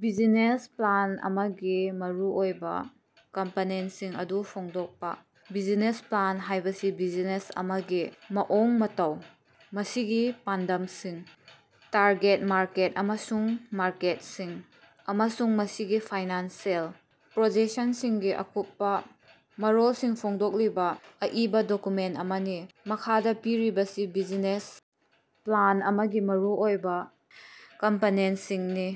Business plan ꯑꯃꯒꯤ ꯃꯔꯨꯑꯣꯏꯕ ꯀꯝꯄꯣꯅꯦꯟꯇꯁꯤꯡ ꯑꯗꯨ ꯐꯣꯡꯗꯣꯛꯄ꯫ ꯕꯤꯖꯤꯅꯦꯁ ꯄ꯭ꯂꯥꯟ ꯍꯥꯏꯕꯁꯤ ꯕꯤꯖꯤꯅꯦꯁ ꯑꯃꯒꯤ ꯃꯑꯣꯡ ꯃꯇꯧ, ꯃꯁꯤꯒꯤ ꯄꯥꯟꯗꯝꯁꯤꯡ, ꯇꯥꯔꯒꯦꯠ ꯃꯥꯔꯀꯦꯠ ꯑꯃꯁꯨꯡ ꯃꯥꯔꯀꯦꯠꯁꯤꯡ, ꯑꯃꯁꯨꯡ ꯃꯁꯤꯒꯤ ꯐꯥꯏꯅꯥꯟꯁꯤꯑꯦꯜ ꯄ꯭ꯞꯔꯣꯖꯦꯛꯁꯟꯁꯤꯡꯒꯤ ꯑꯀꯨꯞꯄ ꯃꯔꯣꯜꯁꯤꯡ ꯐꯣꯡꯗꯣꯛꯂꯤꯕ ꯑꯏꯕ ꯗꯣꯀꯨꯃꯦꯟꯇ ꯑꯃꯅꯤ꯫ ꯃꯈꯥꯗ ꯄꯤꯔꯤꯕꯁꯤ ꯕꯤꯖꯤꯅꯦꯁ ꯄ꯭ꯂꯥꯟ ꯑꯃꯒꯤ ꯃꯔꯨꯑꯣꯏꯕ ꯀꯝꯄꯣꯅꯦꯟꯇꯁꯤꯡꯅꯤ: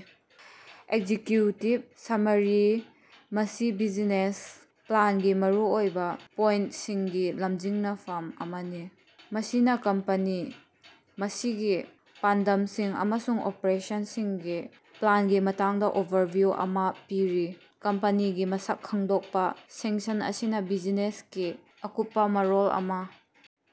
ꯑꯦꯛꯖꯤꯛꯌꯨꯇꯤꯚ ꯁꯝꯃꯔꯤ: ꯃꯁꯤ ꯕꯤꯖꯅꯦꯁ ꯄ꯭ꯂꯥꯟꯒꯤ ꯃꯔꯨꯑꯣꯏꯕ ꯄꯣꯏꯟꯇꯁꯤꯡꯒꯤ ꯁꯝꯖꯤꯟꯅꯐꯝ ꯑꯃꯅꯤ, ꯃꯁꯤꯅ ꯀꯝꯄꯅꯤ, ꯃꯁꯤꯒꯤ ꯄꯥꯟꯗꯝꯁꯤꯡ ꯑꯃꯁꯨꯡ ꯑꯣꯄꯔꯦꯁꯟꯁꯤꯡꯒꯤ ꯄ꯭ꯂꯥꯟꯒꯤ ꯃꯇꯥꯡꯗ ꯑꯣꯚꯔꯚꯤꯌꯨ ꯑꯃꯥ ꯄꯤꯔꯤ꯫ ꯀꯝꯄꯅꯤꯒꯤ ꯃꯁꯛ ꯈꯪꯗꯣꯛꯄ: ꯁꯦꯛꯁꯟ ꯑꯁꯤꯅ ꯕꯤꯖꯤꯅꯦꯁꯀꯤ ꯑꯀꯨꯞꯄ ꯃꯔꯣꯜ ꯑꯃ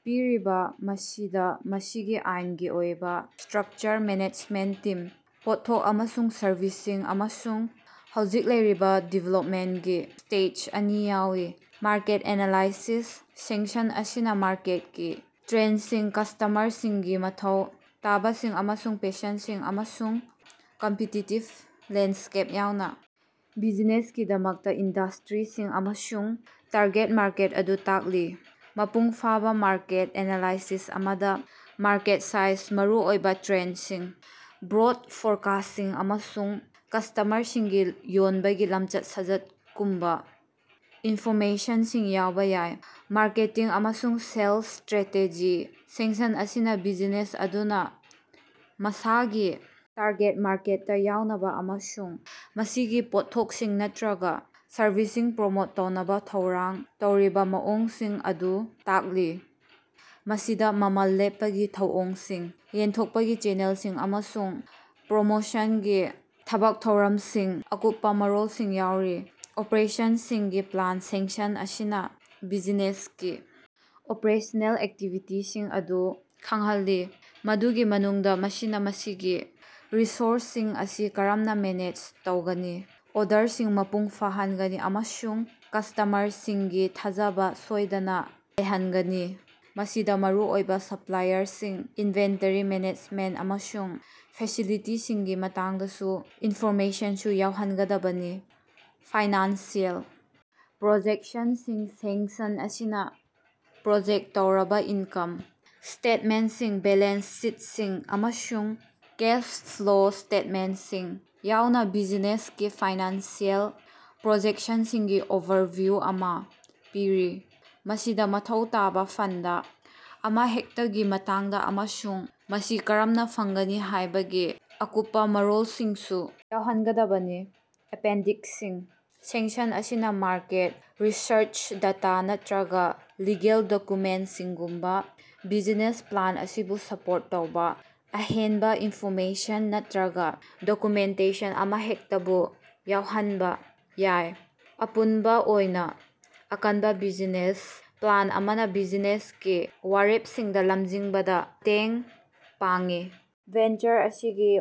ꯄꯤꯔꯤ, ꯃꯁꯤꯗ ꯃꯁꯤꯒꯤ ꯑꯥꯏꯟꯒꯤ ꯑꯣꯏꯕ ꯁꯇ꯭ꯔꯛꯆꯔ, ꯃꯦꯅꯦꯖꯃꯦꯟꯇ ꯇꯤꯝ, ꯄꯣꯠꯊꯣꯛ ꯑꯃꯁꯨꯡ ꯁꯔꯚꯤꯁꯁꯤꯡ, ꯑꯃꯁꯨꯡ ꯍꯧꯖꯤꯛ ꯂꯩꯔꯤꯕ ꯗꯤꯚꯦꯂꯞꯃꯦꯟꯇꯒꯤ ꯁ꯭ꯇꯦꯖ ꯑꯁꯤ ꯌꯥꯎꯏ꯫ ꯃꯥꯔꯀꯦꯠ ꯑꯦꯅꯥꯂꯥꯏꯁꯤꯁ: ꯁꯦꯛꯁꯟ ꯑꯁꯤꯅ ꯃꯥꯔꯀꯦꯠꯀꯤ ꯇ꯭ꯔꯦꯟꯗꯁꯤꯡ, ꯀꯁ꯭ꯇꯃꯔꯁꯤꯡꯒꯤ ꯃꯊꯧ ꯇꯥꯕꯁꯤꯡ ꯑꯃꯁꯨꯡ ꯄꯦꯁꯟꯗꯁꯤꯡ, ꯑꯃꯁꯨꯡ ꯀꯝꯄꯤꯇꯤꯇꯤꯕ ꯂꯦꯟꯗꯁ꯭ꯀꯦꯞ ꯌꯥꯎꯅꯥ ꯕꯤꯖꯤꯅꯦꯁꯀꯤꯗꯃꯛꯇꯥ ꯏꯟꯗꯁꯇꯔꯤꯁꯤꯡ ꯑꯃꯁꯨꯡ ꯇꯥꯔꯒꯦꯠ ꯃꯥꯔꯀꯦꯠ ꯑꯗꯨ ꯇꯥꯛꯂꯤ꯫ ꯃꯄꯨꯡꯐꯥꯕ ꯃꯥꯔꯀꯦꯠ ꯑꯦꯅꯥꯂꯥꯏꯁꯤꯁ ꯑꯃꯗ ꯃꯥꯔꯀꯦꯠ ꯁꯥꯏꯖ, ꯃꯔꯨꯑꯣꯏꯕꯥ ꯇ꯭ꯔꯦꯟꯗꯁꯤꯡ, ꯒ꯭ꯔꯣꯊ ꯐꯣꯔꯀꯥꯁ꯭ꯇꯁꯤꯡ ꯑꯃꯁꯨꯡ ꯀꯁ꯭ꯇꯃꯔꯁꯤꯡꯒꯤ ꯌꯣꯟꯕꯒꯤ ꯂꯝꯆꯠ-ꯁꯥꯖꯠꯀꯨꯝꯕꯥ ꯏꯟꯐꯣꯔꯃꯦꯁꯟꯁꯤꯡ ꯌꯥꯎꯕ ꯌꯥꯏ꯫ ꯃꯥꯔꯀꯦꯇꯤꯡ ꯑꯃꯁꯨꯡ ꯁꯦꯜꯁ ꯁ꯭ꯠꯔꯦꯇꯦꯖꯤ: ꯁꯦꯛꯁꯟ ꯑꯁꯤꯅꯥ ꯕꯤꯖꯤꯅꯦꯁ ꯑꯗꯨꯅꯥ ꯃꯁꯥꯒꯤ ꯇꯥꯔꯒꯦꯠ ꯃꯥꯔꯀꯦꯠꯇꯥ ꯌꯧꯅꯕꯥ ꯑꯃꯁꯨꯡ ꯃꯁꯤꯒꯤ ꯄꯣꯠꯊꯣꯛꯁꯤꯡ ꯅꯠꯔꯒꯥ ꯁꯔꯚꯤꯁꯁꯤꯡ ꯄ꯭ꯔꯃꯣꯠ ꯇꯧꯅꯕꯥ ꯊꯧꯔꯥꯡ ꯇꯧꯔꯤꯕꯥ ꯃꯑꯣꯡꯁꯤꯡ ꯑꯗꯨ ꯇꯥꯛꯂꯤ꯫ ꯃꯁꯤꯗꯥ ꯃꯃꯜ ꯂꯦꯞꯄꯒꯤ ꯊꯧꯑꯣꯡꯁꯤꯡ, ꯌꯦꯟꯊꯣꯛꯄꯒꯤ ꯆꯦꯅꯦꯜꯁꯤꯡ ꯑꯃꯁꯨꯡ ꯄ꯭ꯞꯔꯃꯣꯁꯟꯒꯤ ꯊꯕꯛ ꯊꯧꯔꯝꯁꯤꯡꯒꯤ ꯑꯀꯨꯞꯄꯥ ꯃꯔꯣꯜꯁꯤꯡ ꯌꯥꯎꯔꯤ꯫ ꯑꯣꯄꯔꯦꯁꯟꯁꯤꯡꯒꯤ ꯄ꯭ꯂꯥꯟ: ꯁꯦꯛꯁꯟ ꯑꯁꯤꯅ ꯕꯤꯖꯤꯅꯦꯁꯀꯤ ꯑꯣꯄꯔꯦꯁꯅꯦꯜ ꯑꯦꯛꯇꯤꯚꯤꯇꯤꯁꯤꯡ ꯑꯗꯨ ꯈꯪꯍꯜꯂꯤ, ꯃꯗꯨꯒꯤ ꯃꯅꯨꯡꯗꯥ ꯃꯁꯤꯅꯥ ꯃꯁꯤꯒꯤ ꯔꯤꯁꯣꯔꯁꯁꯤꯡ ꯑꯁꯤ ꯀꯔꯝꯅꯥ ꯃꯦꯅꯦꯖ ꯇꯧꯒꯅꯤ, ꯑꯣꯔꯗꯔꯁꯤꯡ ꯃꯄꯨꯡ ꯐꯥꯍꯟꯒꯅꯤ ꯑꯃꯁꯨꯡ ꯀꯁ꯭ꯇꯃꯔꯁꯤꯡꯒꯤ ꯊꯥꯖꯕꯥ ꯁꯣꯏꯗꯅꯥ ꯂꯩꯍꯟꯒꯅꯤ ꯫ ꯃꯁꯤꯗꯥ ꯃꯔꯨꯑꯣꯏꯕꯥ ꯁꯞꯂꯥꯏꯌꯔꯁꯤꯡ, ꯏꯟꯚꯦꯟꯇꯔꯤ ꯃꯦꯅꯦꯖꯃꯦꯟꯇ ꯑꯃꯁꯨꯡ ꯐꯦꯁꯤꯂꯤꯇꯤꯁꯤꯡꯒꯤ ꯃꯇꯥꯡꯗꯁꯨ ꯏꯟꯐꯣꯔꯃꯦꯁꯟꯁꯨ ꯌꯥꯎꯍꯟꯒꯗꯕꯅꯤ꯫ ꯐꯥꯏꯅꯥꯟꯁꯤꯑꯦꯜ ꯄ꯭ꯞꯔꯣꯖꯦꯛꯁꯟꯗꯁꯤꯡ: ꯁꯦꯛꯁꯟ ꯑꯁꯤꯅꯥ ꯄ꯭ꯞꯔꯣꯖꯦꯛ ꯇꯧꯔꯕꯥ ꯏꯟꯀꯝ ꯁ꯭ꯇꯦꯠꯃꯦꯟꯇꯁꯤꯡ, ꯕꯦꯂꯦꯟꯁ ꯁꯤꯠꯁꯤꯡ, ꯑꯃꯁꯨꯡ ꯀꯦꯁ ꯐ꯭ꯂꯣ ꯁ꯭ꯇꯦꯠꯃꯦꯟꯇꯁꯤꯡ ꯌꯥꯎꯅꯥ ꯕꯤꯖꯤꯅꯦꯁꯀꯤ ꯐꯥꯏꯅꯥꯟꯁꯤꯑꯦꯜ ꯄ꯭ꯞꯔꯣꯖꯦꯛꯁꯟꯁꯤꯡꯒꯤ ꯑꯣꯚꯔꯚꯤꯌꯨ ꯑꯃꯥ ꯄꯤꯔꯤ꯫ ꯃꯁꯤꯗꯥ ꯃꯊꯧ ꯇꯥꯕꯥ ꯐꯟꯗ ꯑꯃꯍꯦꯛꯇꯒꯤ ꯃꯇꯥꯡꯗꯥ ꯑꯃꯁꯨꯡ ꯃꯁꯤ ꯀꯔꯝꯅꯥ ꯐꯪꯒꯅꯤ ꯍꯥꯏꯕꯒꯤ ꯑꯀꯨꯞꯄꯥ ꯃꯔꯣꯜꯁꯤꯡꯁꯨ ꯌꯥꯎꯍꯟꯒꯗꯕꯅꯤ꯫ ꯑꯦꯄꯦꯟꯗꯤꯛꯁꯁꯤꯡ: ꯁꯦꯛꯁꯟ ꯑꯁꯤꯅꯥ ꯃꯥꯔꯀꯦꯠ ꯔꯤꯁꯔꯆ ꯗꯦꯇꯥ ꯅꯠꯠꯔꯒꯥ ꯂꯤꯒꯦꯜ ꯗꯣꯛꯌꯨꯃꯦꯟꯇꯁꯤꯡꯒꯨꯝꯕꯥ ꯕꯤꯖꯤꯅꯦꯁ ꯄ꯭ꯂꯥꯟ ꯑꯁꯤꯕꯨ ꯁꯄꯣꯔꯠ ꯇꯧꯕꯥ ꯑꯍꯦꯟꯕꯥ ꯏꯟꯐꯣꯔꯃꯦꯁꯟ ꯅꯠꯠꯔꯒꯥ ꯗꯣꯛꯌꯨꯃꯦꯟꯇꯦꯁꯟ ꯑꯃꯍꯦꯛꯇꯕꯨ ꯌꯥꯎꯍꯟꯕꯥ ꯌꯥꯏ꯫ ꯑꯄꯨꯟꯕꯥ ꯑꯣꯏꯅꯥ, ꯑꯀꯟꯕꯥ ꯕꯤꯖꯤꯅꯦꯁ ꯄ꯭ꯂꯥꯟ ꯑꯃꯅꯥ ꯕꯤꯖꯤꯅꯦꯁꯀꯤ ꯋꯥꯔꯦꯄꯁꯤꯡꯗꯥ ꯂꯝꯖꯤꯡꯕꯗꯥ ꯃꯇꯦꯡ ꯄꯥꯡꯏ, ꯚꯦꯟꯆꯔ ꯑꯁꯤꯒꯤ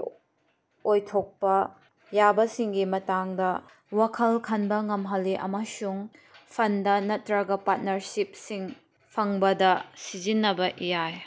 ꯑꯣꯏꯊꯣꯛꯄꯥ ꯌꯥꯕꯁꯤꯡꯒꯤ ꯃꯇꯥꯡꯗꯥ ꯋꯥꯈꯜ ꯈꯟꯕꯥ ꯉꯝꯍꯜꯂꯤ ꯑꯃꯁꯨꯡ ꯐꯟꯗ ꯅꯠꯠꯔꯒꯥ ꯄꯥꯔꯇꯅꯔꯁꯤꯞꯁꯤꯡ ꯐꯪꯕꯗꯥ ꯁꯤꯖꯤꯟꯅꯕꯥ ꯌꯥꯏ꯫